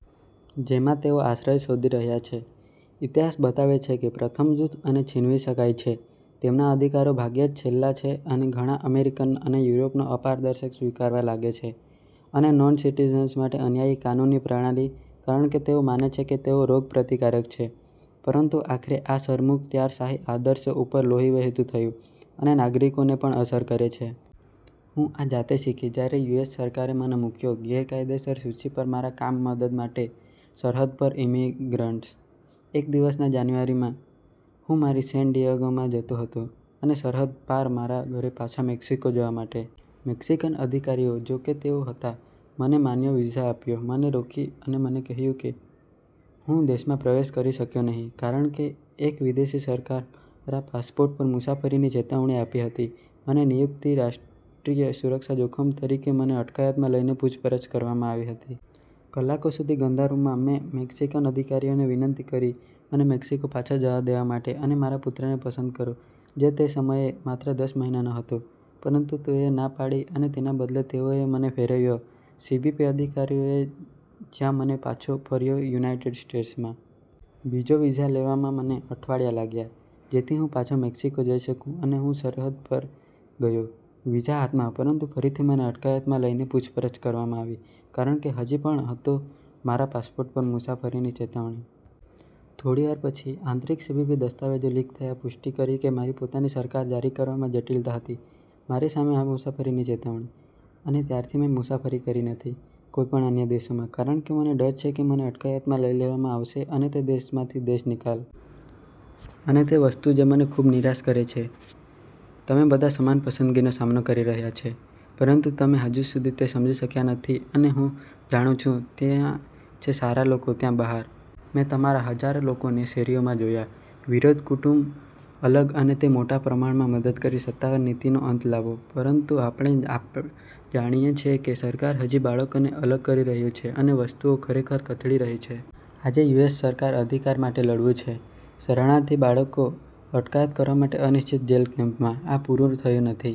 જેમાં તેઓ આશ્રય શોધી રહ્યા છે. ઇતિહાસ બતાવે છે કે પ્રથમ જૂથ અને છીનવી શકાય છે તેમના અધિકારો ભાગ્યે જ છેલ્લા છે અને ઘણા અમેરિકનો અને યુરોપિયનો અપારદર્શક સ્વીકારવા લાગે છે અને નોનસિટીઝન્સ માટે અન્યાયી કાનૂની પ્રણાલી, કારણ કે તેઓ માને છે કે તેઓ રોગપ્રતિકારક છે, પરંતુ આખરે આ સરમુખત્યારશાહી આદર્શો ઉપર લોહી વહેતું થયું અને નાગરિકોને પણ અસર કરે છે. હું આ જાતે શીખી જ્યારે યુ. એસ. સરકારે મને મૂક્યો ગેરકાયદેસર સૂચિ પર મારા કામ મદદ માટે સરહદ પર ઇમિગ્રન્ટ્સ. એક દિવસ ના જાન્યુઆરીમાં હું મારી સેન ડિએગોમાં જતો હતો અને સરહદ પાર મારા ઘરે પાછા મેક્સિકો જવા માટે. મેક્સીકન અધિકારીઓ, જોકે તેઓ હતા મને માન્ય વીઝા આપ્યો, મને રોકી અને મને કહ્યું કે હું દેશમાં પ્રવેશ કરી શક્યો નહીં ,કારણ કે એક વિદેશી સરકાર મારા પાસપોર્ટ પર મુસાફરીની ચેતવણી આપી હતી, મને નિયુક્તિ રાષ્ટ્રીય સુરક્ષા જોખમ તરીકે મને અટકાયતમાં લઇને પૂછપરછ કરવામાં આવી હતી. કલાકો સુધી ગંદા રૂમમાં. મેં મેક્સીકન અધિકારીઓને વિનંતી કરી મને મેક્સિકો પાછા જવા દેવા માટે અને મારા પુત્રને પસંદ કરો, જે તે સમયે માત્ર દસ મહિનાનો હતો, પરંતુ તેઓએ ના પાડી અને તેના બદલે તેઓએ મને ફેરવ્યો સીબીપી અધિકારીઓને, જ્યાં મને પાછો ફર્યો યુનાઇટેડ સ્ટેટ્સમાં. બીજો વિઝા લેવામાં મને અઠવાડિયા લાગ્યાં, જેથી હું પાછા મેક્સિકો જઈ શકું અને હું સરહદ પર ગયો. વિઝા હાથમાં, પરંતુ ફરીથી મને અટકાયતમાં લઇને પૂછપરછ કરવામાં આવી કારણ કે હજી પણ હતો મારા પાસપોર્ટ પર મુસાફરીની ચેતવણી. થોડી વાર પછી, આંતરિક સીબીપી દસ્તાવેજો લીક થયા પુષ્ટિ કરી કે મારી પોતાની સરકાર જારી કરવામાં જટિલતા હતી મારી સામે આ મુસાફરીની ચેતવણી. અને ત્યારથી મેં મુસાફરી કરી નથી કોઈપણ અન્ય દેશોમાં, કારણ કે મને ડર છે કે મને અટકાયતમાં લઇ લેવામાં આવશે અને તે દેશોમાંથી દેશનિકાલ. અને તે વસ્તુ જે મને ખૂબ નિરાશ કરે છે કે તમે બધા સમાન પસંદગીનો સામનો કરી રહ્યા છે, પરંતુ તમે હજી સુધી તે સમજી શક્યા નથી અને હું જાણું છું, ત્યાં છે સારા લોકો ત્યાં બહાર. મેં તમારા હજારો લોકોને શેરીઓમાં જોયા, વિરોધ કુટુંબ અલગ અને તે મોટા પ્રમાણમાં મદદ કરી સત્તાવાર નીતિનો અંત લાવો, પરંતુ આપણે જાણીએ છીએ કે સરકાર હજી બાળકોને અલગ કરી રહ્યું છે અને વસ્તુઓ ખરેખર કથળી રહી છે. આજે, યુ. એસ. સરકાર અધિકાર માટે લડવું છે. શરણાર્થી બાળકો અટકાયત કરવા માટે અનિશ્ચિત જેલ કેમ્પમાં. આ પૂરું થયું નથી.